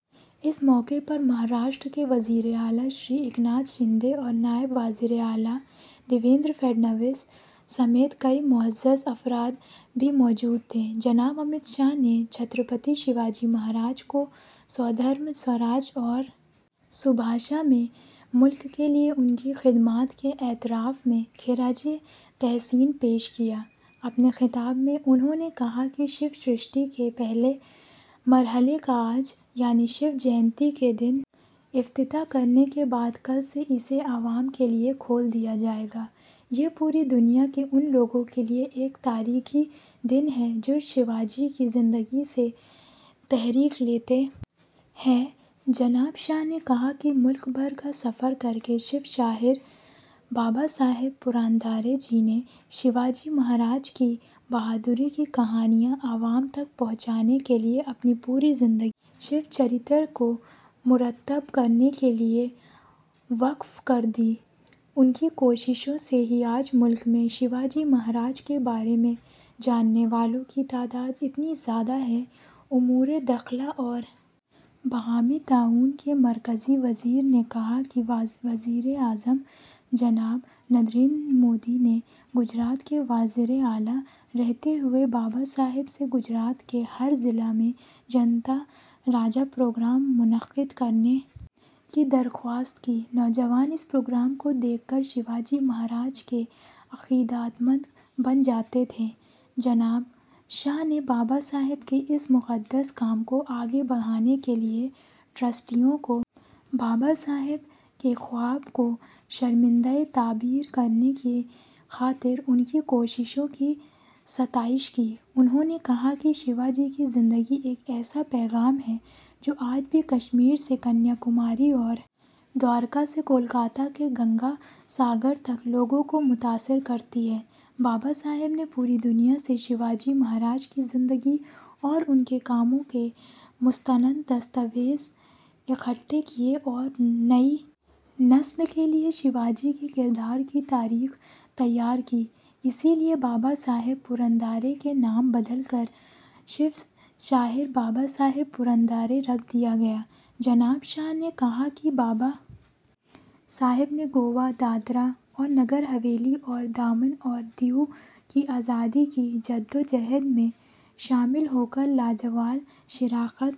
اس موقع پر مہاراشٹر کے وزیر اعلی شری ایکناتھ شندے اور نائب وزیر اعلیٰ دیویندر فڑنویس سمیت کئی معززین بھی موجود تھے جناب امت شاہ نے چھترپتی شیواجی مہاراج کو سودھرم سوراج اور سوبھاشا میں ملک کے تئیں ان کے تعاون کے لیے خراج تحسین پیش کیا اپنے خطاب میں انہوں نے کہا کہ شیو سرشتی کے پہلے مرحلے کا آج یعنی شیو جینتی کے دن افتتاح کرنے کے بعد کل سے اسے عوام کے لیے کھول دیا جائے گا یہ پوری دنیا کے ان لوگوں کے لیے ایک تاریخی دن ہے جو شیواجی کی زندگی سے تحریک لیتے ہیں جناب شاہ نے کہا کہ ملک بھر کا سفر کر کے شیو شاہیر بابا صاحب پورندرے جی نے شیواجی مہاراج کی بہادری کی کہانیاں عوام تک پہنچانے کے لیے اپنی پوری زندگی شیو چرتر کو مرتب کرنے کے لیے وقف کر دی ان کی کوششوں سے ہی آج ملک میں شیواجی مہاراج کے بارے میں جاننے والوں کی تعداد اتنی زیادہ ہے امور داخلہ اور باہمی تعاون کے مرکزی وزیر نے کہا کہ وزیر اعظم جناب نریندر مودی نے گجرات کے وزیر اعلیٰ رہتے ہوئے بابا صاحب سے گجرات کے ہر ضلع میں جنتا راجہ پروگرام منعقد کرنے کی درخواست کی نوجوان اس پروگرام کو دیکھ کر شیواجی مہاراج کے عقیدت مند بن جاتے تھے جناب شاہ نے بابا صاحب کے اس مقدس کام کو آگے بڑھانے کے لیے ٹرسٹیوں کو بابا صاحب کے شرمندہ تعبیر کرنے کی خاطر ان کی کوششوں کی ستائش کی انہوں نے کہا کہ شیواجی کی زندگی ایک ایسا پیغام ہے جو آج بھی کشمیر سے کنیا کماری اور دوارکا سے کلکتہ کے گنگا ساگر تک لوگوں کو متاثر کرتی ہے بابا صاحب نے پوری دنیا سے شیواجی مہاراج کی زندگی اور ان کے کاموں کے مستند دستاویز اکٹھے کیے اور نئی نسل کے لیے شیوا کے کردار کی تاریخ تیار کی اسی لیے بابا صاحب پورندرے کا نام بدل کر شیو شاہیر بابا صاحب پورندرے رکھ دیا گیا جناب شاہ نے کہا کہ بابا صاحب نے گوا دادرا اور نگر حویلی اور دمن اور دیو کی آزادی کی جدوجہد میں شامل ہو کر لازوال شراکت